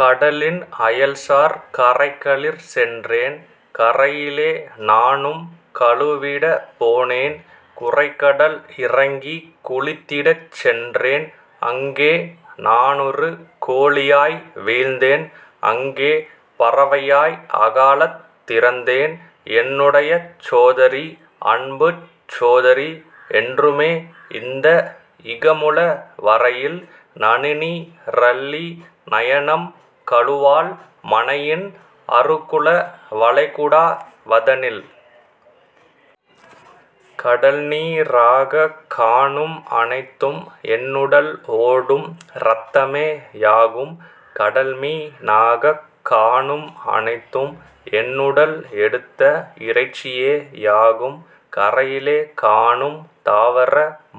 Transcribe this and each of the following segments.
கடலின் அயல்சார் கரைகளிற் சென்றேன். கரையிலே நானும் கழுவிடப் போனேன் குரைகடல் இறங்கிக் குளித்திடச் சென்றேன் அங்கே நானொரு கோழியாய் வீழ்ந்தேன் அங்கே பறவையாய் அகாலத் திறந்தேன் என்னுடைச் சோதரி அன்புச் சோதரி என்றுமே இந்த இகமுள வரையில் நனிநீ ரள்ளி நயனம் கழுவாள் மனையின் அருகுள வளைகுடா வதனில். கடல்நீ ராகக் காணும் அனைத்தும் என்னுடல் ஓடும் இரத்தமே யாகும் கடல்மீ னாகக் காணும் அனைத்தும் என்னுடல் எடுத்த இறைச்சியே யாகும் கரையிலே காணும் தாவர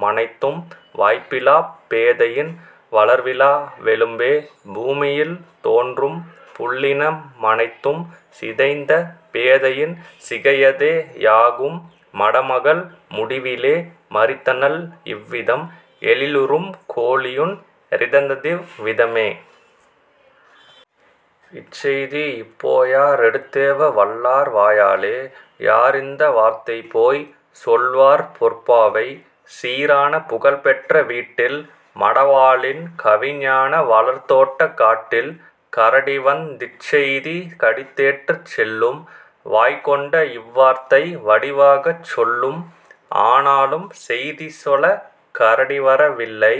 மனைத்தும் வாய்ப்பிலாப் பேதையின் வளர்விலா வெலும்பே பூமியில் தோன்றும் புல்லின மனைத்தும் சிதைந்த பேதையின் சிகையதே யாகும். " மடமகள் முடிவிலே மரித்தனள் இவ்விதம் எழிலுறும் கோழியொன் றிறந்ததிவ் விதமே. இச்செய்தி யிப்போயா ரெடுத்தேக வல்லார் வாயாலே யாரிந்த வார்த்தைபோய்ச் சொல்வார் பொற்பாவை சீரான புகழ்பெற்ற வீட்டில் மடவாளின் கவினான வளர்தோட்டக் காட்டில்? கரடிவந் திச்செய்தி கடிதேற்றுச் செல்லும் வாய்கொண்டு இவ்வார்த்தை வடிவாகச் சொல்லும் ஆனாலும் செய்திசொலக் கரடிவர வில்லை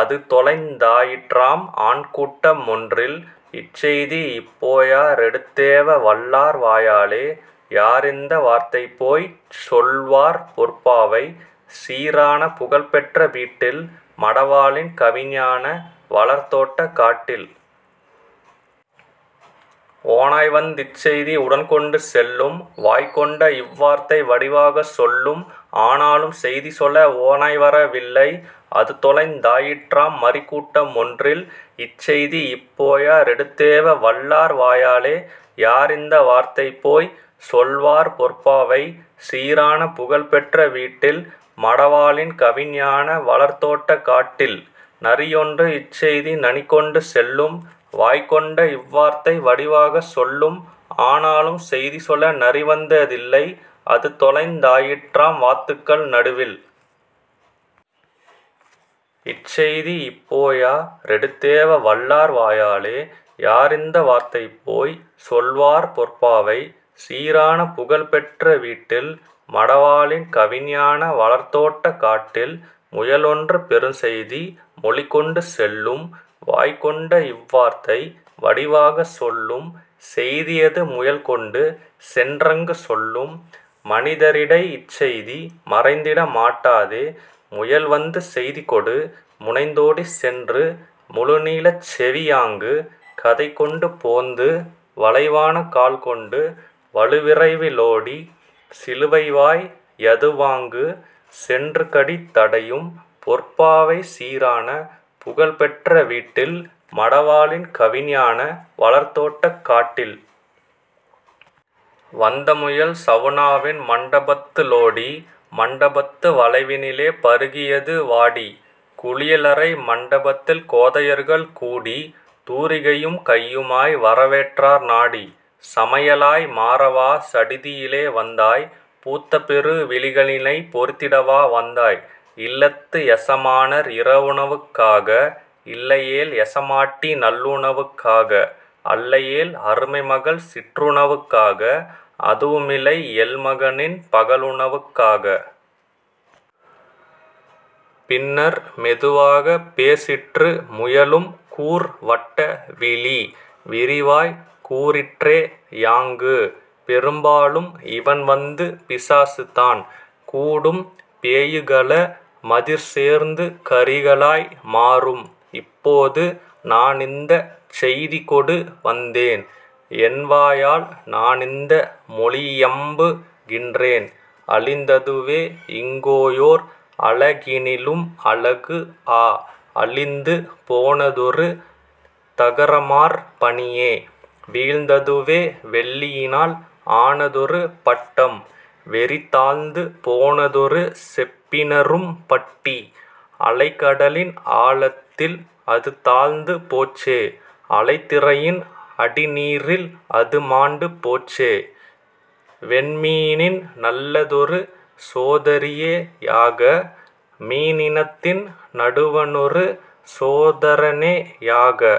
அதுதொலைந் தாயிற்றாம் ஆன்கூட்ட மொன்றில். இச்செய்தி யிப்போயா ரெடுத்தேக வல்லார் வாயாலே யாரிந்த வார்த்தைபோய்ச் சொல்வார் பொற்பாவை சீரான புகழ்பெற்ற வீட்டில் மடவாளின் கவினான வளர்தோட்டக் காட்டில்? ஓநாய்வந் திச்செய்தி உடன்கொண்டு செல்லும் வாய்கொண்டு இவ்வார்த்தை வடிவாகச் சொல்லும் ஆனாலும் செய்திசொல ஓநாய்வர வில்லை அதுதொலைந் தாயிற்றாம் மறிக்கூட்ட மொன்றில். இச்செய்தி யிப்போயா ரெடுத்தேக வல்லார் வாயாலே யாரிந்த வார்த்தைபோய்ச் சொல்வார் பொற்பாவை சீரான புகழ்பெற்ற வீட்டில் மடவாளின் கவினான வளர்தோட்டக் காட்டில்? நரியொன்று இச்செய்தி நனிகொண்டு செல்லும் வாய்கொண்டு இவ்வார்த்தை வடிவாகச் சொல்லும் ஆனாலும் செய்திசொல நரிவந்த தில்லை அதுதொலைந் தாயிற்றாம் வாத்துக்கள் நடுவில். இச்செய்தி யிப்போயா ரெடுத்தேக வல்லார் வாயாலே யாரிந்த வார்த்தைபோய்ச் சொல்வார் பொற்பாவை சீரான புகழ்பெற்ற வீட்டில் மடவாளின் கவினான வளர்தோட்டக் காட்டில்? முயலொன்று பெறும்செய்தி மொழிகொண்டு செல்லும் வாய்கொண்டு இவ்வார்த்தை வடிவாகச் சொல்லும் செய்தியது முயல்கொண்டு சென்றங்கு சொல்லும்: "மனிதரிடை இச்செய்தி மறைந்திட மாட்டாதே. " முயல்வந்து செய்திகொடு முனைந்தோடிச் சென்று 'முழுநீளச் செவி' யாங்கு கதைகொண்டு போந்து வளைவான கால்கொண்டு வலுவிரைவி லோடி 'சிலுவைவாய்' யதுவாங்கு சென்றுகடி தடையும் பொற்பாவை சீரான புகழ்பெற்ற வீட்டில் மடவாளின் கவினான வளர்தோட்டக் காட்டில். வந்தமுயல் சவுனாவின் மண்டபத்து ளோடி மண்டபத்து வளைவினிலே பருங்கியது வாடி. குளியலறை மண்டபத்தில் கோதையர்கள் கூடி தூரிகையும் கையுமாய் வரவேற்றார் நாடி: "சமையலாய் மாறவா சடிதியிலே வந்தாய் பூத்தபெரு விழிகளினைப் பொரித்திடவா வந்தாய் இல்லத்து எசமானர் இரவுணவுக் காக இல்லையேல் எசமாட்டி நல்லுணவுக் காக அல்லையேல் அருமைமகள் சிற்றுணவுக் காக அதுவுமிலை யேல்மகனின் பகலுணவுக் காக? " பின்னர் மெதுவாகப் பேசிற்று முயலும் கூர் 'வட்ட விழி' விரிவாய்க் கூறிற்றே யாங்கு: "பெரும்பாலும் இவண்வந்து பிசாசுதான் கூடும் பெய்யுகல மதிற்சேர்ந்து கறிகளாய் மாறும்; இப்போது நானிந்தச் செய்திகொடு வந்தேன் என்வாயால் நானிந்த மொழியியம்பு கின்றேன். அழிந்ததுவே இங்கோயோர் அழகினிலும் அழகு ஆ, அழிந்து போனதொரு தகரமார் பணியே வீழ்ந்ததுவே வெள்ளியினால் ஆனதொரு பட்டம் வெறிதாழ்ந்து போனதொரு செப்பினரும் பட்டி அலைகடலின் ஆழத்தில் அதுதாழ்ந்து போச்சே அலைதிரையின் அடிநீரில் அதுமாண்டு போச்சே வெண்மீனின் நல்லதொரு சோதரியே யாக மீனினத்தின் நடுவணொரு சோதரனே யாக.